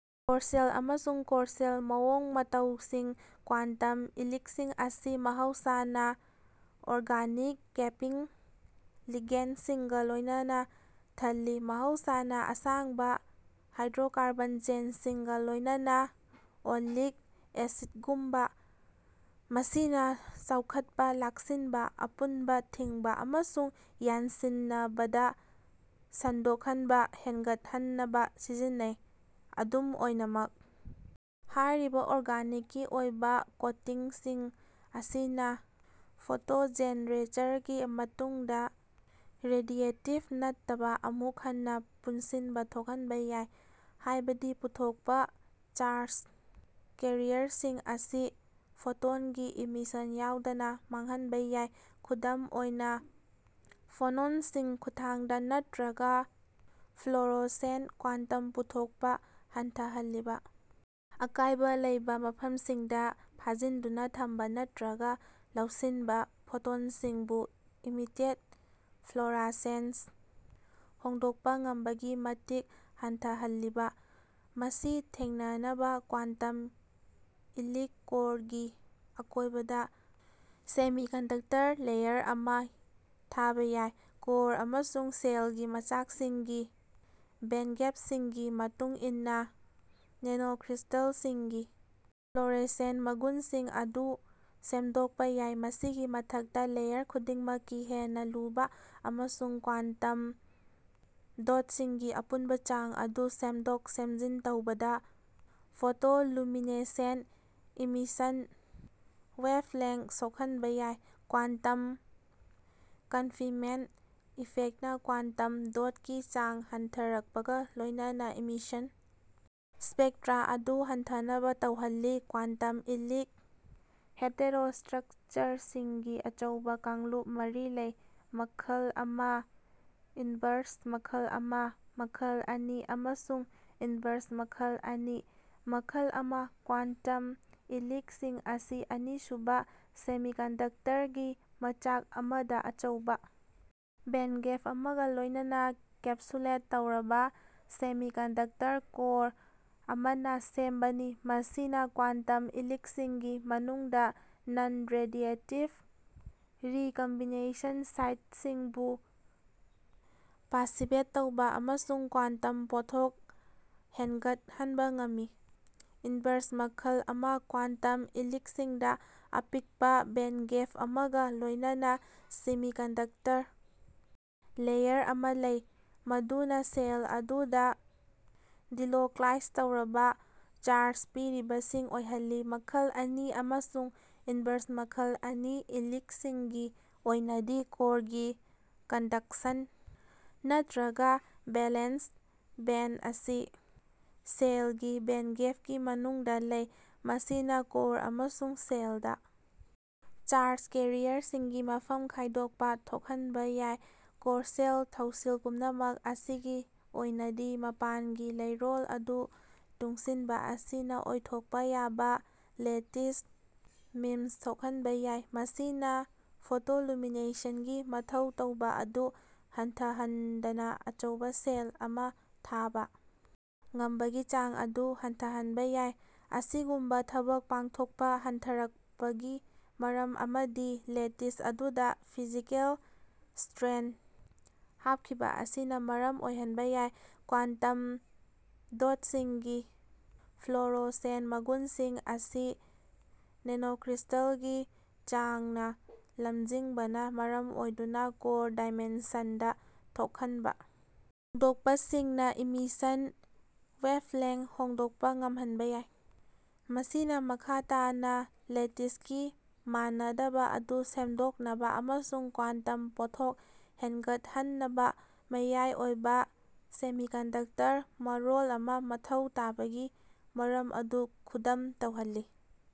ꯀꯣꯔꯁꯦꯜ ꯑꯃꯁꯨꯡ ꯀꯣꯔꯁꯦꯜ ꯃꯑꯣꯡ ꯃꯇꯧꯁꯤꯡ ꯀ꯭ꯋꯥꯟꯇꯝ ꯏꯂꯤꯛꯁꯤꯡ ꯑꯁꯤ ꯃꯍꯧꯁꯥꯅ ꯑꯣꯔꯒꯅꯤꯛ ꯀꯦꯄꯤꯡ ꯂꯤꯒꯦꯟꯗꯁꯤꯡꯒ ꯂꯣꯏꯅꯅ ꯊꯜꯂꯤ (ꯃꯍꯧꯁꯥꯅ ꯑꯁꯥꯡꯕ ꯍꯥꯏꯗ꯭ꯔꯣꯀꯔꯕꯣꯟ ꯆꯦꯟꯁꯤꯡꯒ ꯂꯣꯏꯅꯅ, ꯑꯣꯂꯤꯛ ꯑꯦꯁꯤꯗꯒꯨꯝꯕ) ꯃꯁꯤꯅ ꯆꯥꯎꯈꯠꯄ ꯂꯥꯛꯁꯤꯟꯕ, ꯑꯄꯨꯟꯕ ꯊꯤꯡꯕ, ꯑꯃꯁꯨꯡ ꯌꯥꯟꯁꯤꯟꯅꯕꯗ ꯁꯟꯗꯣꯛꯍꯟꯕ ꯍꯦꯟꯒꯠꯍꯟꯅꯕ ꯁꯤꯖꯤꯟꯅꯩ꯫ ꯑꯗꯨꯝ ꯑꯣꯏꯅꯃꯛ ꯍꯥꯏꯔꯤꯕ ꯑꯣꯔꯒꯅꯤꯛꯀꯤ ꯑꯣꯏꯕ ꯀꯣꯇꯤꯡꯁꯤꯡ ꯑꯁꯤꯅ ꯐꯣꯇꯣꯖꯦꯟꯔꯦꯆꯔꯒꯤ ꯃꯇꯨꯡꯗ ꯔꯦꯗꯤꯌꯦꯇꯤꯕ ꯅꯠꯇꯕ ꯑꯃꯨꯛ ꯍꯟꯅ ꯄꯨꯟꯁꯤꯟꯕ ꯊꯣꯛꯍꯟꯕ ꯌꯥꯏ, ꯍꯥꯏꯕꯗꯤ ꯄꯨꯊꯣꯛꯄ ꯆꯥꯔꯖ ꯀꯦꯔꯤꯌꯔꯁꯤꯡ ꯑꯁꯤ ꯐꯣꯇꯣꯟꯒꯤ ꯏꯃꯤꯁꯟ ꯌꯥꯎꯗꯅ ꯃꯥꯡꯍꯟꯕ ꯌꯥꯏ (ꯈꯨꯗꯝ ꯑꯣꯏꯅ ꯐꯣꯅꯣꯟꯁꯤꯡ ꯈꯨꯠꯊꯥꯡꯗ ꯅꯠꯇ꯭ꯔꯒ ꯐ꯭ꯂꯣꯔꯣꯁꯦꯟ ꯀ꯭ꯋꯥꯟꯇꯝ ꯄꯨꯊꯣꯛꯄ ꯍꯟꯊꯍꯜꯂꯤꯕ ꯑꯀꯥꯏꯕ ꯂꯩꯕ ꯃꯐꯝꯁꯤꯡꯗ ꯐꯥꯖꯤꯟꯗꯨꯅ ꯊꯝꯕ ꯅꯠꯇ꯭ꯔꯒ ꯂꯧꯁꯤꯟꯕ ꯐꯣꯇꯣꯟꯁꯤꯡꯕꯨ ꯏꯃꯤꯇꯦꯠ ꯐ꯭ꯂꯣꯔꯥꯁꯦꯟꯁ ꯍꯣꯡꯗꯣꯛꯄ ꯉꯝꯕꯒꯤ ꯃꯇꯤꯛ ꯍꯟꯊꯍꯜꯂꯤꯕ)꯫ ꯃꯁꯤ ꯊꯦꯡꯅꯅꯕ ꯀ꯭ꯋꯥꯟꯇꯝ ꯏꯂꯤꯛ ꯀꯣꯔꯒꯤ ꯑꯀꯣꯏꯕꯗ ꯁꯦꯃꯤꯀꯟꯗꯛꯇꯔ ꯂꯦꯌꯔ ꯑꯃ ꯊꯥꯕ ꯌꯥꯏ꯫ ꯀꯣꯔ ꯑꯃꯁꯨꯡ ꯁꯦꯜꯒꯤ ꯃꯆꯥꯛꯁꯤꯡꯒꯤ ꯕꯦꯟꯒꯦꯞꯁꯤꯡꯒꯤ ꯃꯇꯨꯡ ꯏꯟꯅ ꯅꯦꯅꯣꯀ꯭ꯔꯤꯁꯇꯜꯁꯤꯡꯒꯤ ꯐ꯭ꯂꯣꯔꯣꯁꯦꯟ ꯃꯒꯨꯟꯁꯤꯡ ꯑꯗꯨ ꯁꯦꯝꯗꯣꯛꯄ ꯌꯥꯏ꯫ ꯃꯁꯤꯒꯤ ꯃꯊꯛꯇ ꯂꯦꯌꯔ ꯈꯨꯗꯤꯡꯃꯛꯀꯤ ꯍꯦꯟꯅ ꯂꯨꯕ ꯑꯃꯁꯨꯡ ꯀ꯭ꯋꯥꯟꯇꯝ ꯗꯣꯠꯁꯤꯡꯒꯤ ꯑꯄꯨꯟꯕ ꯆꯥꯡ ꯑꯗꯨ ꯁꯦꯝꯗꯣꯛ-ꯁꯦꯝꯖꯤꯟ ꯇꯧꯕꯅ ꯐꯣꯇꯣꯂꯨꯃꯤꯅꯦꯁꯦꯟꯠ ꯏꯃꯤꯁꯟ ꯋꯦꯚꯂꯦꯟꯊꯇ ꯁꯣꯛꯍꯟꯕ ꯌꯥꯏ꯫ ꯀ꯭ꯋꯥꯟꯇꯝ ꯀꯟꯐꯤꯟꯃꯦꯟꯠ ꯏꯐꯦꯛꯅ ꯀ꯭ꯋꯥꯟꯇꯝ ꯗꯣꯠꯀꯤ ꯆꯥꯡ ꯍꯟꯊꯔꯛꯄꯒ ꯂꯣꯏꯅꯅ ꯏꯃꯤꯁꯟ ꯁ꯭ꯄꯦꯛꯇ꯭ꯔꯥ ꯑꯗꯨ ꯍꯟꯊꯅꯕ ꯇꯧꯍꯜꯂꯤ꯫ ꯀ꯭ꯋꯥꯟꯇꯝ ꯏꯂꯤꯛ ꯍꯦꯇꯦꯔꯣꯁꯇ꯭ꯔꯛꯆꯔꯁꯤꯡꯒꯤ ꯑꯆꯧꯕ ꯀꯥꯡꯂꯨꯞ ꯃꯔꯤ ꯂꯩ: ꯃꯈꯜ ꯑꯃ, ꯏꯟꯚꯔꯁ ꯃꯈꯜ ꯑꯃ, ꯃꯈꯜ ꯑꯅꯤ, ꯑꯃꯁꯨꯡ ꯏꯟꯚꯔꯁ ꯃꯈꯜ ꯑꯅꯤ꯫ ꯃꯈꯜ ꯑꯃ ꯀ꯭ꯋꯥꯟꯇꯝ ꯏꯂꯤꯛ ꯁꯤꯡ ꯑꯁꯤ ꯑꯅꯤꯁꯨꯕ ꯁꯦꯃꯤꯀꯟꯗꯛꯇꯔꯒꯤ ꯃꯆꯥꯛ ꯑꯃꯗ ꯑꯆꯧꯕ ꯕꯦꯟꯗꯒꯦꯞ ꯑꯃꯒ ꯂꯣꯏꯅꯅ ꯀꯦꯞꯁꯨꯂꯦꯠ ꯇꯧꯔꯕ ꯁꯦꯃꯤꯀꯟꯗꯦꯛꯇꯔ ꯀꯣꯔ ꯑꯃꯅ ꯁꯦꯝꯕꯅꯤ, ꯃꯁꯤꯅ ꯀ꯭ꯋꯥꯟꯇꯝ ꯏꯂꯤꯛꯁꯤꯡꯒꯤ ꯂꯩꯅꯨꯡꯗ ꯅꯟ-ꯔꯦꯗꯤꯌꯦꯇꯤꯕ ꯔꯤꯀꯝꯕꯤꯅꯦꯁꯟ ꯁꯥꯏꯠꯁꯤꯡꯕꯨ ꯄꯥꯁꯤꯚꯦꯠ ꯇꯧꯕ ꯑꯃꯁꯨꯡ ꯀ꯭ꯋꯥꯟꯇꯝ ꯄꯣꯠꯊꯣꯛ ꯍꯦꯟꯒꯠꯍꯟꯕ ꯉꯝꯃꯤ꯫ ꯏꯟꯚꯔꯁ ꯃꯈꯜ ꯑꯃ ꯀ꯭ꯋꯥꯟꯇꯝ ꯏꯂꯤꯛꯁꯤꯡꯗ ꯑꯄꯤꯛꯄ ꯕꯦꯟꯗꯒꯦꯞ ꯑꯃꯒ ꯂꯣꯏꯅꯅ ꯁꯦꯃꯤꯀꯟꯗꯛꯇꯔ ꯂꯦꯌꯔ ꯑꯃ ꯂꯩ ꯃꯗꯨꯅ ꯁꯦꯜ ꯑꯗꯨꯗ ꯗꯤꯂꯣꯀ꯭ꯂꯥꯏꯖ ꯇꯧꯔꯕ ꯆꯥꯔꯖ ꯄꯨꯔꯤꯕꯁꯤꯡ ꯑꯣꯏꯍꯜꯂꯤ꯫ ꯃꯈꯜ ꯑꯅꯤ ꯑꯃꯁꯨꯡ ꯏꯟꯚꯔꯁ ꯃꯈꯜ ꯑꯅꯤ ꯏꯂꯤꯛꯁꯤꯡꯒꯤ ꯑꯣꯏꯅꯗꯤ ꯀꯣꯔꯒꯤ ꯀꯟꯗꯛꯁꯟ ꯅꯠꯇ꯭ꯔꯒ ꯚꯦꯂꯦꯟꯁ ꯕꯦꯟꯗ ꯑꯁꯤ ꯁꯦꯜꯒꯤ ꯕꯦꯟꯒꯦꯞꯀꯤ ꯃꯅꯨꯡꯗ ꯂꯩ꯫ ꯃꯁꯤꯅ ꯀꯣꯔ ꯑꯃꯁꯨꯡ ꯁꯦꯜꯗ ꯆꯥꯔꯖ ꯀꯦꯔꯤꯌꯔꯁꯤꯡꯒꯤ ꯃꯐꯝ ꯈꯥꯏꯗꯣꯛꯄ ꯊꯣꯛꯍꯟꯕ ꯌꯥꯏ꯫ ꯀꯣꯔꯁꯦꯜ ꯊꯧꯁꯤꯜ ꯄꯨꯝꯅꯃꯛ ꯑꯁꯤꯒꯤ ꯑꯣꯏꯅꯗꯤ ꯃꯄꯥꯟꯒꯤ ꯂꯩꯔꯣꯜ ꯑꯗꯨ ꯇꯨꯡꯁꯤꯟꯕ ꯑꯁꯤꯅ ꯑꯣꯏꯊꯣꯛꯄ ꯌꯥꯕ ꯂꯦꯇꯤꯁ ꯃꯤꯃꯆ ꯊꯣꯛꯍꯟꯕ ꯌꯥꯏ꯫ ꯃꯁꯤꯅ ꯐꯣꯇꯣꯂꯨꯃꯤꯅꯦꯁꯟ ꯒꯤ ꯃꯊꯧ ꯇꯧꯕ ꯑꯗꯨ ꯍꯟꯊꯍꯟꯗꯅ ꯑꯆꯧꯕ ꯁꯦꯜ ꯑꯃ ꯊꯥꯕ ꯉꯝꯕꯒꯤ ꯆꯥꯡ ꯑꯗꯨ ꯍꯟꯊꯍꯟꯕ ꯌꯥꯏ꯫ ꯑꯁꯤꯒꯨꯝꯕ ꯊꯕꯛ ꯄꯥꯡꯊꯣꯛꯄ ꯍꯟꯊꯔꯛꯄꯒꯤ ꯃꯔꯝ ꯑꯃꯗꯤ ꯂꯦꯇꯤꯁ ꯑꯗꯨꯗ ꯐꯤꯖꯤꯀꯦꯜ ꯁꯇ꯭ꯔꯦꯟ ꯍꯥꯞꯈꯤꯕ ꯑꯁꯤꯅ ꯃꯔꯝ ꯑꯣꯏꯍꯟꯕ ꯌꯥꯏ꯫ ꯀ꯭ꯋꯥꯟꯇꯝ ꯗꯣꯠꯁꯤꯡꯒꯤ ꯐ꯭ꯂꯣꯔꯣꯁꯦꯟ ꯃꯒꯨꯟꯁꯤꯡ ꯑꯁꯤ ꯅꯦꯅꯣꯀ꯭ꯔꯤꯁꯇꯜꯒꯤ ꯆꯥꯡꯅ ꯂꯝꯖꯤꯡꯕꯅ ꯃꯔꯝ ꯑꯣꯏꯗꯨꯅ, ꯀꯣꯔ ꯗꯥꯏꯃꯦꯟꯁꯟꯗ ꯊꯣꯛꯍꯟꯕ ꯍꯣꯡꯗꯣꯛꯄꯁꯤꯡꯅ ꯏꯃꯤꯁꯟ ꯋꯦꯚꯂꯦꯟ ꯍꯣꯡꯗꯣꯛꯄ ꯉꯝꯍꯟꯕ ꯌꯥꯏ, ꯃꯁꯤꯅ ꯃꯈꯥ ꯇꯥꯅ ꯂꯦꯇꯤꯁꯒꯤ ꯃꯥꯟꯅꯗꯕ ꯑꯗꯨ ꯁꯦꯝꯗꯣꯛꯅꯕ ꯑꯃꯁꯨꯡ ꯀ꯭ꯋꯥꯇꯝ ꯄꯣꯠꯊꯣꯛ ꯍꯦꯟꯒꯠꯍꯟꯅꯕ ꯃꯌꯥꯏ ꯑꯣꯏꯕ ꯁꯦꯃꯤꯀꯟꯗꯛꯇꯔ ꯃꯔꯣꯜ ꯑꯃ ꯃꯊꯧ ꯇꯥꯕꯒꯤ ꯃꯔꯝ ꯑꯗꯨ ꯈꯨꯗꯝ ꯇꯧꯍꯜꯂꯤ꯫